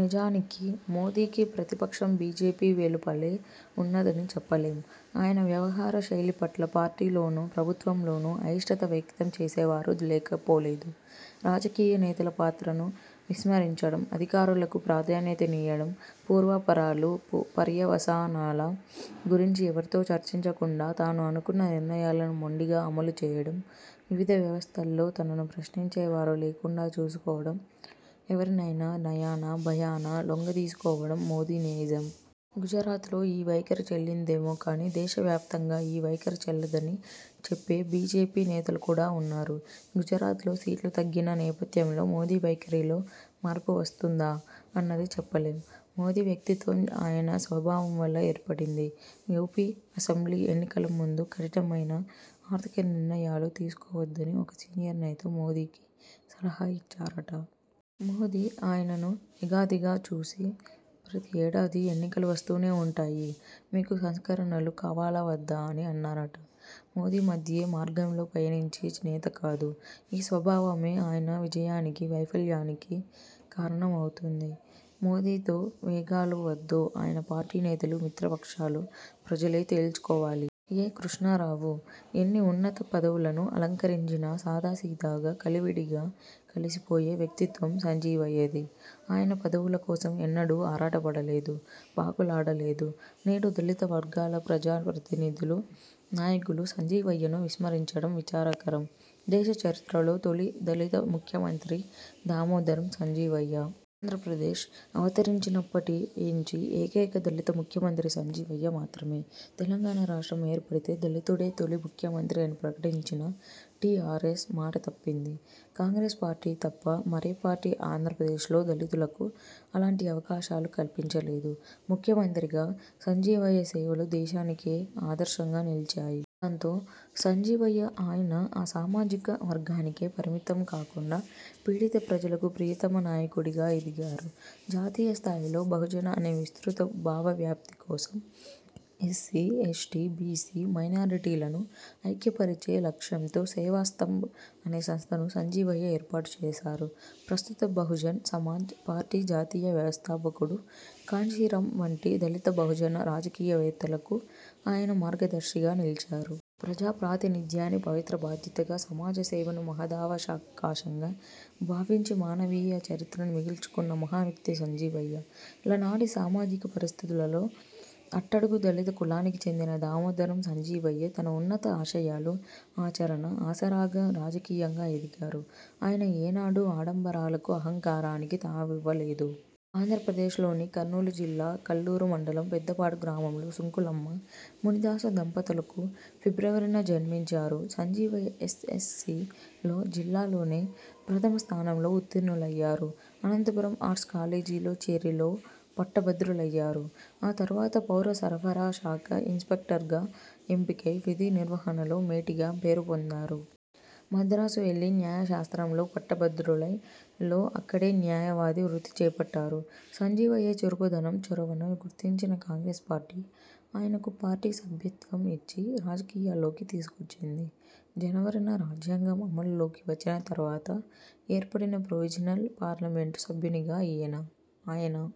నిజానికి మోదీకి ప్రతిపక్షం బీజేపీ వెలుపలే ఉన్నదని చెప్పలేం. ఆయన వ్యవహార శైలిపట్ల పార్టీలోనూ, ప్రభుత్వంలోనూ అయిష్టత వ్యక్తం చేసే వారు లేకపోలేదు. రాజకీయ నేతల పాత్రను విస్మరించడం, అధికారులకు ప్రాధాన్యత నీయడం, పూర్వాపరాలు, పర్యవసానాల గురించి ఎవరితో చర్చించకుండా తాను అనుకున్న నిర్ణయాలను మొండిగా అమలు చేయడం, వివిధ వ్యవస్థల్లో తనను ప్రశ్నించేవారు లేకుండా చూసుకోవడం, ఎవరినైనా నయానా భయానా లొంగదీసుకోవడం మోదీ నైజం. గుజరాత్లో ఈ వైఖరి చెల్లిందేమో కాని దేశ వ్యాప్తంగా ఈ వైఖరి చెల్లదని చెప్పే బీజేపీ నేతలు కూడా ఉన్నారు. గుజరాత్లో సీట్లు తగ్గిన నేపథ్యంలో మోదీ వైఖరిలో మార్పు వస్తుందా? అన్నది చెప్పలేం. మోదీ వ్యక్తిత్వం ఆయన స్వభావం వల్ల ఏర్పడింది. యూపీ అసెంబ్లీ ఎన్నికల ముందు కఠినమైన ఆర్థిక నిర్ణయాలు తీసుకోవద్దని ఒక సీనియర్ నేత మోదీకి సలహా ఇచ్చారట. మోదీ ఆయనను ఎగాదిగా చూసి ప్రతి ఏడాదీ ఎన్నికలు వస్తూనే ఉంటాయి. మీకు సంస్కరణలు కావాలా వద్దా అని అన్నారట. మోదీ మధ్యే మార్గంలో పయనించే నేత కాదు. ఈ స్వభావమే ఆయన విజయానికీ వైఫల్యానికీ కారణం అవుతుంది. మోదీతో వేగాలో వద్దో ఆయన పార్టీ నేతలు, మిత్రపక్షాలు, ప్రజలే తేల్చుకోవాలి. ఎ. కృష్ణారావు। ఎన్ని ఉన్నత పదవులను అలంకరించినా సాదాసీదాగా కలివిడిగా కలిసిపోయే వ్యక్తిత్వం సంజీవయ్యది. ఆయన పదవులకోసం ఎన్నడూ ఆరాట పడలేదు, పాకులాడలేదు. నేడు దళిత వర్గాల ప్రజా ప్రతినిధులు, నాయకులు సంజీవయ్యను విస్మరించడం విచారకరం. దేశ చరిత్రలో తొలి దళిత ముఖ్యమంత్రి దామోదరం సంజీవయ్య. ఆంధ్రప్రదేశ్ అవతరించినప్పటి నుంచి ఏకైక దళిత ముఖ్యమంత్రి సంజీవయ్య మాత్రమే. తెలంగాణ రాష్ట్రం ఏర్పడితే దళితుడే తొలి ముఖ్యమంత్రి అని ప్రకటించిన టీఆర్ఎస్ మాట తప్పింది. కాంగ్రెస్ పార్టీ తప్ప మరే పార్టీ ఆంధ్రప్రదేశ్లో దళితులకు అలాంటి అవకాశాలు కల్పించలేదు. ముఖ్యమంత్రిగా సంజీవయ్య సేవలు దేశానికే ఆదర్శంగా నిలిచాయి. దాంతో సంజీవయ్య ఆయన సామాజిక వర్గానికే పరిమితం కాకుండా పీడిత ప్రజలకు ప్రియతమ నాయకుడిగా ఎదిగారు. జాతీయ స్థాయిలో బహుజన అనే విస్తృత భావవ్యాప్తి కోసం, ఎస్సీ, ఎస్టీ, బీసీ, మైనారిటీలను ఐక్యపరిచే లక్ష్యంతో 'సేవాస్థంబ్' అనే సంస్థను సంజీవయ్య ఏర్పాటు చేశారు. ప్రస్తుత బహుజన్ సమాజ్ పార్టీ జాతీయ వ్యవస్థాపకుడు కాన్షీరాం వంటి దళిత బహుజన రాజకీయవేత్తలకు ఆయన మార్గదర్శిగా నిలిచారు. ప్రజా ప్రాతినిధ్యాన్ని పవిత్ర బాధ్యతగా, సమాజ సేవను మహదావకాశంగా భావించి మానవీయ చరిత్రను మిగుల్చుకున్న మహా వ్యక్తి సంజీవయ్య. ల నాటి సామాజిక పరిస్థితులలో అట్టడుగు దళిత కులానికి చెందిన దామోదరం సంజీవయ్య తన ఉన్నత ఆశయాలు, ఆచరణ, ఆసరాగా, రాజకీయంగా ఎదిగారు. ఆయన ఏనాడూ ఆడంబరాలకు, అహంకారానికి తావివ్వలేదు. ఆంధ్రప్రదేశ్లోని కర్నూలు జిల్లా కల్లూరు మండలం, పెద్దపాడు గ్రామంలో సుంకులమ్మ, మునిదాసు దంపతులకు ఫిబ్రవరి న జన్మించారు. సంజీవయ్య ఎస్. ఎస్. సి. లో జిల్లాలోనే ప్రథమ స్థానంలో ఉత్తీర్ణులయ్యారు. అనంతపురం ఆర్ట్స్ కాలేజీలో చేరి లో పట్టభద్రులయ్యారు. ఆ తరువాత పౌర సరఫరా శాఖ ఇన్స్పెక్టర్గా ఎంపికై విధి నిర్వహణలో మేటిగా పేరుపొందారు. మద్రాసు వెళ్లి న్యాయ శాస్త్రంలో పట్టభద్రులై, లో అక్కడే న్యాయవాది వృత్తి చేపట్టారు. సంజీవయ్య చురుకుదనం, చొరవను గుర్తించిన కాంగ్రెస్ పార్టీ ఆయనకు పార్టీ సభ్యత్వం ఇచ్చి, రాజకీయాల్లోకి తీసుకొచ్చింది. జనవరి న రాజ్యాంగం అమలులోకి వచ్చిన తరువాత ఏర్పడిన ప్రొవిజినల్ పార్లమెంటు సభ్యునిగా ఆయన